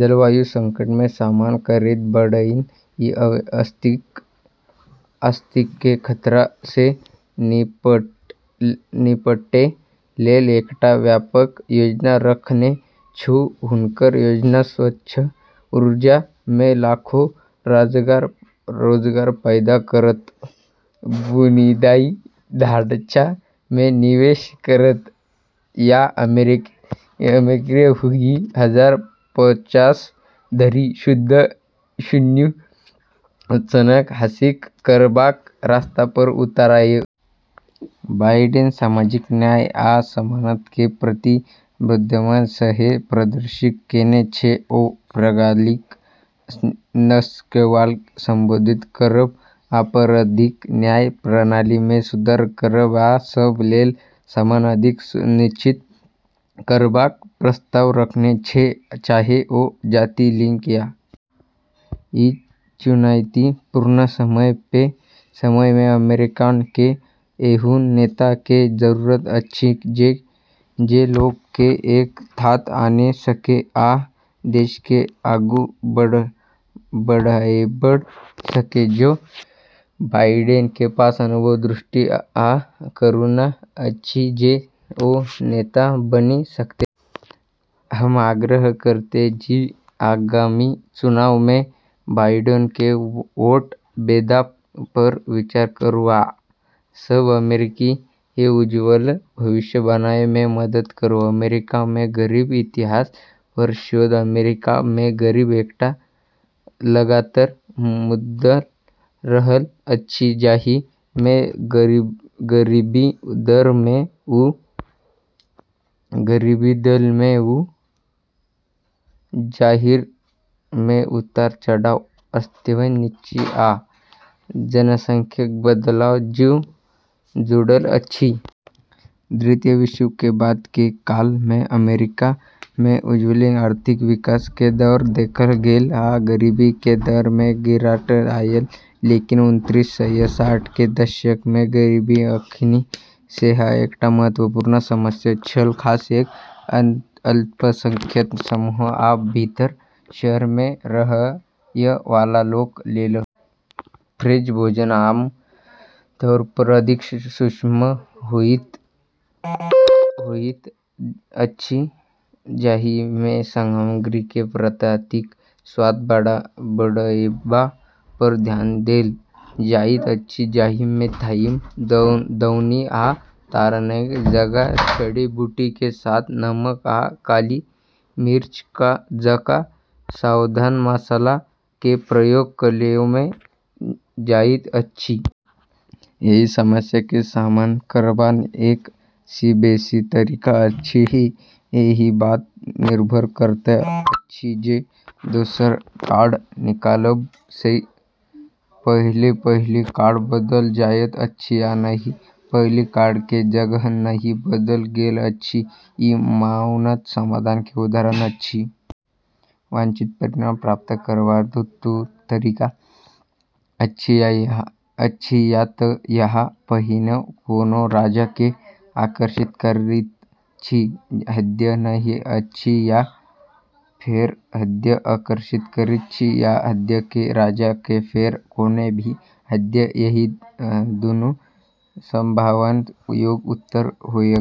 जलवायु संकट के सामना करैत बाइडेन ई अस्तित्व के खतरा सँ निपटै लेल एकटा व्यापक योजना रखने छै। हुनकर योजना स्वच्छ ऊर्जा मे लाखो रोजगार पैदा करत, बुनियादी ढाँचा मे निवेश करत, आ अमेरिका के दुई हजार पचास धरि शुद्ध शून्य उत्सर्जन हासिल करबाक रास्ता पर उतारत। बाइडेन सामाजिक न्याय आ समानता के प्रति प्रतिबद्धता सेहो प्रदर्शित केने छै। ओ प्रणालीगत नस्लवाद के संबोधित करब, आपराधिक न्याय प्रणाली मे सुधार करब, आ सब लेल समान अधिकार सुनिश्चित करबाक प्रस्ताव रखने छै, चाहे ओ जाति, लिंग या यौन अभिविन्यास के कोनो बात हो। ई चुनौतीपूर्ण समय मे अमेरिका के एहन नेता के जरूरत अछि जे लोक के एक साथ आने सके आ देश के आगू बढ़एब सके। जो बाइडेन के पास अनुभव, दृष्टि, आ करुणा अछि जे ओ नेता बनि सकैत छै। हम आग्रह करैत छी जे आगामी चुनाव मे बाइडेन के वोट देबाक पर विचार करू आ सब अमेरिकी के उज्जवल भविष्य बनएब मे मदद करू। अमेरिका मे गरीबी के इतिहास पर शोध। अमेरिका मे गरीबी एकटा लगातार मुद्दा रहल अछि, जाहि मे गरीबी दर मे उतार-चढ़ाव अर्थव्यवस्था, नीति आ जनसांख्यिकीय बदलाव सँ जुडल अछि। द्वितीय विश्वयुद्ध के बाद के काल मे अमेरिका मे उल्लेखनीय आर्थिक विकास के दौर देखल गेल आ गरीबी के दर मे गिरावट आयल। लेकिन उन्नीस सय साठ के दशक मे गरीबी अखनी सेहो एकटा महत्वपूर्ण समस्या छल, खास कए अल्पसंख्यक समूह आ भीतरी शहर मे रहय वाला लोक लेल। फ्रेंच भोजन आम तौर पर अधिक सूक्ष्म होइत अछि, जाहि मे सामग्री के प्राकृतिक स्वाद बढ़एबा पर ध्यान देल जाइत अछि, जाहि मे थाइम, दौनी, आ तारगोन जकां जड़ी-बूटी के साथ-साथ नमक आ काली मिर्च जकां साधारण मसाला के प्रयोग कएल जाइत अछि। एहि समस्या के सामना करबाक एक सँ बेसी तरीका अछि, ई एहि बात पर निर्भर करैत अछि जे दोसर कार्ड निकालब सँ पहिने पहिल कार्ड बदलल जायत अछि या नहि। पहिल कार्ड के जगह नहि बदलल गेल अछि ई मानैत समाधान के उदाहरण अछि। वांछित परिणाम प्राप्त करबाक दू टा तरीका अछि या त अहाँ पहिने कोनो राजा के आकर्षित करैत छी जे हृदय नहि अछि आ फेर हृदय आकर्षित करैत छी या हृदय के राजा आ फेर कोनो भी हृदय। एहि दुनू संभावनाक योग उत्तर होयत।